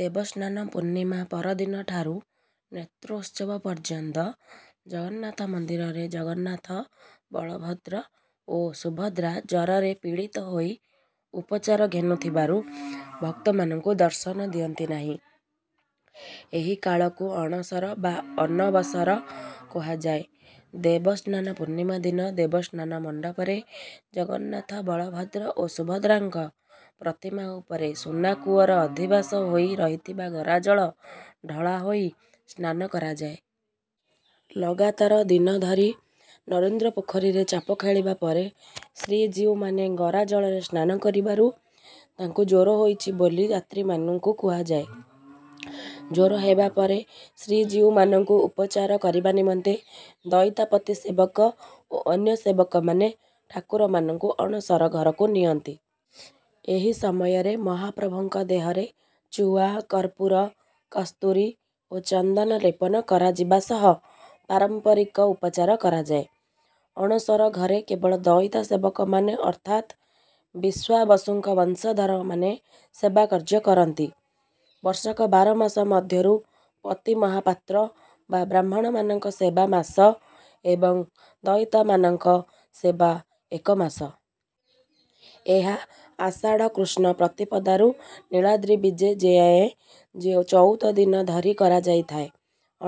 ଦେବସ୍ନାନ ପୂର୍ଣ୍ଣିମା ପରଦିନଠାରୁ ନେତ୍ରୋତ୍ସବ ପର୍ଯ୍ୟନ୍ତ ଜଗନ୍ନାଥ ମନ୍ଦିରରେ ଜଗନ୍ନାଥ, ବଳଭଦ୍ର ଓ ସୁଭଦ୍ରା ଜରରେ ପୀଡ଼ିତ ହୋଇ ଉପଚାର ଘେନୁଥିବାରୁ ଭକ୍ତମାନଙ୍କୁ ଦର୍ଶନ ଦିଅନ୍ତିନାହିଁ। ଏହି କାଳକୁ ଅଣସର ବା ଅନବସର କୁହାଯାଏ। ଦେବସ୍ନାନ ପୂର୍ଣ୍ଣିମା ଦିନ ଦେବସ୍ନାନ ମଣ୍ଡପରେ ଜଗନ୍ନାଥ, ବଳଭଦ୍ର, ଓ ସୁଭଦ୍ରାଙ୍କ ପ୍ରତିମା ଉପରେ ସୁନାକୂଅର ଅଧିବାସ ହୋଇ ରହିଥିବା ଗରା ଜଳ ଢଳାହୋଇ ସ୍ନାନ କରାଯାଏ। ଲଗାତର ଦିନ ଧରି ନରେନ୍ଦ୍ର ପୋଖରୀରେ ଚାପଖେଳିବା ପରେ ଶ୍ରୀଜୀଉମାନେ ଗରା ଜଳରେ ସ୍ନାନ କରିବାରୁ ତାଙ୍କୁ ଜ୍ୱର ହୋଇଛି ବୋଲି ଯାତ୍ରୀମାନଙ୍କୁ କୁହାଯାଏ। ଜ୍ୱର ହେବାପରେ ଶ୍ରୀଜୀଉମାନଙ୍କୁ ଉପଚାର କରିବା ନିମନ୍ତେ ଦଇତାପତି ସେବକ ଓ ଅନ୍ୟ ସେବକମାନେ ଠାକୁରମାନଙ୍କୁ ଅଣସର ଘରକୁ ନିଅନ୍ତି। ଏହି ସମୟରେ ମହାପ୍ରଭୁଙ୍କ ଦେହରେ ଚୁଆ, କର୍ପୁର, କସ୍ତୁରୀ ଓ ଚନ୍ଦନ ଲେପନ କରାଯିବା ସହ ପାରମ୍ପାରିକ ଉପଚାର କରାଯାଏ। ଅଣସର ଘରେ କେବଳ ଦଇତା ସେବକମାନେ ଅର୍ଥାତ ବିଶ୍ୱାବସୁଙ୍କ ବଂଶଧରମାନେ ସେବାକାର୍ଯ୍ୟ କରନ୍ତି। ବର୍ଷକ ବାର ମାସ ମଧ୍ୟରୁ ପତି ମହାପାତ୍ର ବା ବ୍ରାହ୍ମଣମାନଙ୍କ ସେବା ମାସ ଏବଂ ଦଇତାମାନଙ୍କ ସେବା ଏକ ମାସ। ଏହା ଆଷାଢ଼ କୃଷ୍ଣ ପ୍ରତିପଦାରୁ ନୀଳାଦ୍ରୀ ବିଜେ ଯାଏଁ ଚଉଦଦିନ ଧରି କରାଯାଇଥାଏ।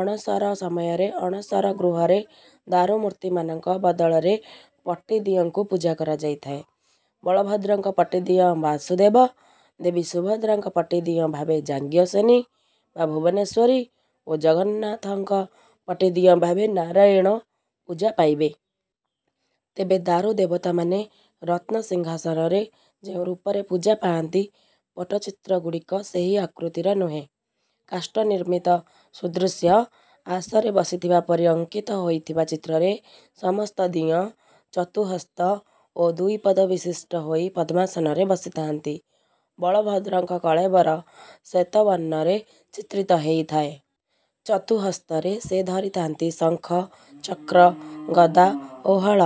ଅଣସର ସମୟରେ ଅଣସର ଗୃହରେ ଦାରୁ ମୂର୍ତ୍ତିମାନଙ୍କ ବଦଳରେ ପଟିଦିଅଁଙ୍କୁ ପୂଜା କରାଯାଇଥାଏ। ବଳଭଦ୍ରଙ୍କ ପଟିଦିଅଁ ବାସୁଦେବ, ଦେବୀ ସୁଭଦ୍ରାଙ୍କର ପଟିଦିଅଁ ଭାବେ ଯାଜ୍ଞସେନୀ ବା ଭୁବନେଶ୍ୱରୀ ଓ ଜଗନ୍ନାଥଙ୍କ ପଟିଦିଅଁ ଭାବେ ନାରାୟଣ ପୂଜା ପାଇବେ। ତେବେ ଦାରୁ ଦେବତାମାନେ ରତ୍ନ ସିଂହାସନରେ ଯେଉଁ ରୂପରେ ପୂଜା ପାଆନ୍ତି ପଟ୍ଟଚିତ୍ର ଗୁଡ଼ିକ ସେହି ଆକୃତିର ନୁହେଁ। କାଷ୍ଠ ନିର୍ମିତ ସୁଦୃଶ୍ୟ ଆସରେ ବସିଥିବା ପରି ଅଙ୍କିତ ହୋଇଥିବା ଚିତ୍ରରେ ସମସ୍ତ ଦିଅଁ ଚତୁଃହସ୍ତ ଓ ଦୁଇପଦ ବିଶିଷ୍ଟ ହୋଇ ପଦ୍ମାସନରେ ବସିଥାଆନ୍ତି। ବଳଭଦ୍ରଙ୍କ କଳେବର ଶ୍ୱେତବର୍ଣ୍ଣରେ ଚିତ୍ରିତ ହେଇଥାଏ। ଚତୁଃହସ୍ତରେ ସେ ଧରିଥାଆନ୍ତି ଶଙ୍ଖ, ଚକ୍ର, ଗଦା ଓ ହଳ।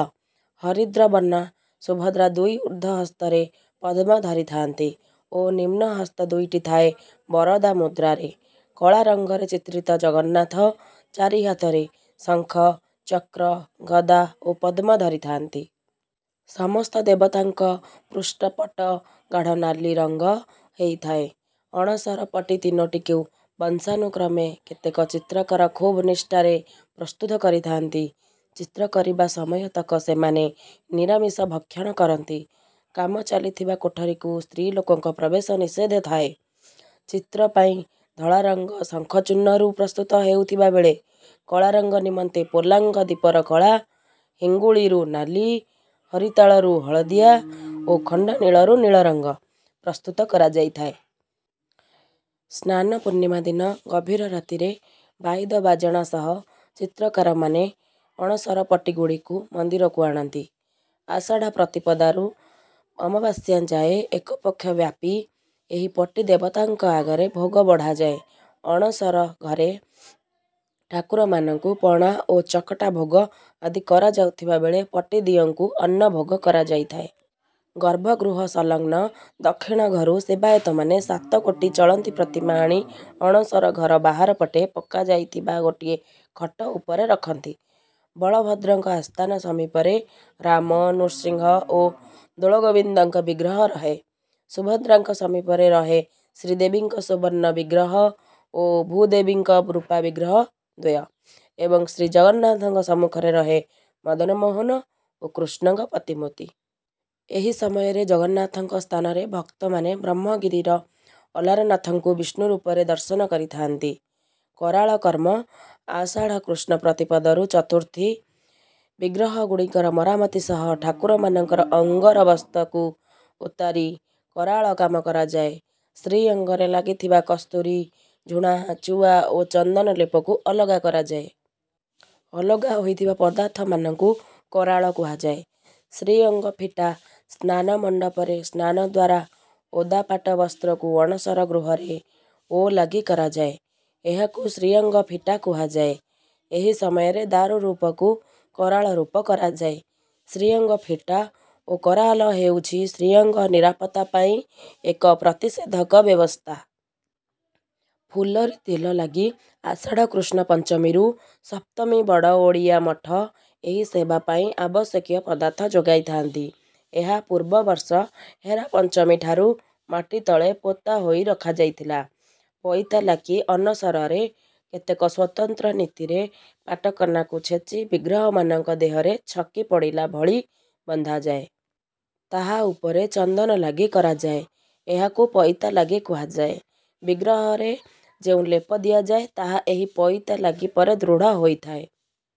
ହରିଦ୍ର ବର୍ଣ୍ଣା ସୁଭଦ୍ରା ଦୁଇ ଉର୍ଦ୍ଧ୍ୱ ହସ୍ତରେ ପଦ୍ମ ଧରିଥାଆନ୍ତି ଓ ନିମ୍ନ ହସ୍ତ ଦୁଇଟି ଥାଏ ବରଦା ମୁଦ୍ରାରେ। କଳା ରଙ୍ଗରେ ଚିତ୍ରିତ ଜଗନ୍ନାଥ ଚାରିହାତରେ ଶଙ୍ଖ, ଚକ୍ର, ଗଦା ଓ ପଦ୍ମ ଧରିଥାଆନ୍ତି। ସମସ୍ତ ଦେବତାଙ୍କ ପୃଷ୍ଠପଟ୍ଟ ଗାଢ଼ନାଲି ରଙ୍ଗ ହେଇଥାଏ। ଅଣସର ପଟି ତିନୋଟିକୁ ବଂଶାନୁକ୍ରମେ କେତେକ ଚିତ୍ରକର ଖୁବ ନିଷ୍ଠାରେ ପ୍ରସ୍ତୁତ କରିଥାଆନ୍ତି। ଚିତ୍ର କରିବା ସମୟତକ ସେମାନେ ନିରାମିଷା ଭକ୍ଷଣ କରନ୍ତି। କାମ ଚାଲିଥିବା କୋଠରୀକୁ ସ୍ତ୍ରୀ ଲୋକଙ୍କ ପ୍ରବେଶ ନିଷେଧ ଥାଏ। ଚିତ୍ର ପାଇଁ ଧଳାରଙ୍ଗ ଶଙ୍ଖଚୂର୍ଣ୍ଣ ରୁ ପ୍ରସ୍ତୁତ ହେଉଥିବା ବେଳେ, କଳାରଙ୍ଗ ନିମନ୍ତେ ପୋଲାଙ୍ଗ ଦୀପର କଳା, ହିଙ୍ଗୁଳରୁ ନାଲି, ହରିତାଳରୁ ହଳଦିଆ ଓ ଖଣ୍ଡନୀଳରୁ ନୀଳ ରଙ୍ଗ ପ୍ରସ୍ତୁତ କରାଯାଇଥାଏ। ସ୍ନାନ ପୂର୍ଣ୍ଣିମା ଦିନ ଗଭୀର ରାତିରେ, ବାଇଦ ବାଜଣା ସହ ଚିତ୍ରକାରମାନେ ଅଣସର ପଟ୍ଟିଗୁଡ଼ିକୁ ମନ୍ଦିରକୁ ଆଣନ୍ତି। ଆଷାଢ଼ ପ୍ରତିପଦାରୁ ଅମାବାସ୍ୟା ଯାଏଁ ଏକ ପକ୍ଷ ବ୍ୟାପି ଏହି ପଟି ଦେବତାଙ୍କ ଆଗରେ ଭୋଗ ବଢ଼ାଯାଏ। ଅଣସର ଘରେ ଠାକୁରମାନଙ୍କୁ ପଣା ଓ ଚକଟା ଭୋଗ ଆଦି କରାଯାଉଥିବା ବେଳେ ପଟିଦିଅଁଙ୍କୁ ଅନ୍ନଭୋଗ କରାଯାଇଥାଏ। ଗର୍ଭଗୃହ ସଂଲଗ୍ନ ଦକ୍ଷିଣ ଘରୁ ସେବାୟତମାନେ ସାତଗୋଟି ଚଳନ୍ତି ପ୍ରତିମା ଆଣି ଅଣସର ଘର ବାହାରପଟେ ପକାଯାଇଥିବା ଗୋଟିଏ ଖଟ ଉପରେ ରଖନ୍ତି। ବଳଭଦ୍ରଙ୍କ ଆସ୍ଥାନ ସମୀପରେ ରାମ, ନୃସିଂହ ଓ ଦୋଳଗୋବିନ୍ଦଙ୍କ ବିଗ୍ରହ ରହେ, ସୁଭଦ୍ରାଙ୍କ ସମୀପରେ ରହେ ଶ୍ରୀଦେବୀ ଙ୍କ ସୁବର୍ଣ୍ଣ ବିଗ୍ରହ ଓ ଭୂଦେବୀ ଙ୍କ ରୂପା ବିଗ୍ରହ ଦ୍ୱୟ ଏବଂ ଶ୍ରୀଜଗନ୍ନାଥଙ୍କ ସମ୍ମୁଖରେ ରହେ ମଦନମୋହନ ଓ କୃଷ୍ଣଙ୍କ ପ୍ରତିମୂର୍ତ୍ତି। ଏହି ସମୟରେ ଜଗନ୍ନାଥଙ୍କ ସ୍ଥାନରେ ଭକ୍ତମାନେ ବ୍ରହ୍ମଗିରିର ଅଲାରନାଥଙ୍କୁ ବିଷ୍ଣୁରୂପରେ ଦର୍ଶନ କରିଥାନ୍ତି। କରାଳ କର୍ମ: ଆଷାଢ଼ କୃଷ୍ଣ ପ୍ରତିପଦରୁ ଚତୁର୍ଥୀ: ବିଗ୍ରହ ଗୁଡିକର ମରାମତି ସହ ଠାକୁରମାନଙ୍କର ଅଙ୍ଗର ବସ୍ତ୍ରକୁ ଉତାରି କରାଳକାମ କରାଯାଏ। ଶ୍ରୀଅଙ୍ଗରେ ଲାଗିଥିବା କସ୍ତୁରୀ, ଝୁଣା, ଚୁଆ, ଓ ଚନ୍ଦନ ଲେପକୁ ଅଲଗା କରାଯାଏ। ଅଲଗା ହୋଇଥିବା ପଦାର୍ଥମାନଙ୍କୁ "କରାଳ" କୁହାଯାଏ। ଶ୍ରୀଅଙ୍ଗ ଫିଟା: ସ୍ନାନମଣ୍ଡପରେ ସ୍ନାନଦ୍ୱାରା ଓଦା ପାଟ ବସ୍ତ୍ରକୁ ଅଣସର ଗୃହରେ ଓଲାଗି କରାଯାଏ। ଏହାକୁ ଶ୍ରୀଅଙ୍ଗ ଫିଟା କୁହାଯାଏ। ଏହି ସମୟରେ ଦାରୁ ରୂପକୁ କରାଳ ରୂପ କରାଯାଏ। ଶ୍ରୀଅଙ୍ଗ ଫିଟା ଓ କରାଲ ହେଉଛି ଶ୍ରୀଅଙ୍ଗ ନିରାପତ୍ତା ପାଇଁ ଏକ ପ୍ରତିଷେଧକ ବ୍ୟବସ୍ଥା। ଫୁଲରି ତେଲ ଲାଗି: ଆଷାଢ଼ କୃଷ୍ଣ ପଞ୍ଚମୀରୁ ସପ୍ତମୀ: ବଡ଼ ଓଡ଼ିଆ ମଠ ଏହି ସେବା ପାଇଁ ଆବଶ୍ୟକୀୟ ପଦାର୍ଥ ଯୋଗାଇଥାଆନ୍ତି। ଏହା ପୂର୍ବ ବର୍ଷ ହେରା ପଞ୍ଚମୀଠାରୁ ମାଟି ତଳେ ପୋତା ହୋଇ ରଖାଯାଇଥାଏ। ପଇତା ଲାଗି: ଅନସରରେ କେତେକ ସ୍ୱତନ୍ତ୍ର ନୀତିରେ ପାଟକନାକୁ ଛେଚି ବିଗ୍ରହମାନଙ୍କ ଦେହରେ ଛକି ପଡିଲା ଭଳି ବନ୍ଧାଯାଏ। ତାହା ଉପରେ ଚନ୍ଦନ ଲାଗି କରାଯାଏ। ଏହାକୁ ପଇତା ଲାଗି କୁହାଯାଏ। ବିଗ୍ରହରେ ଯେଉଁ ଲେପ ଦିଆଯାଏ ତାହା ଏହି ପଇତା ଲାଗି ପରେ ଦୃଢ଼ ହୋଇଥାଏ।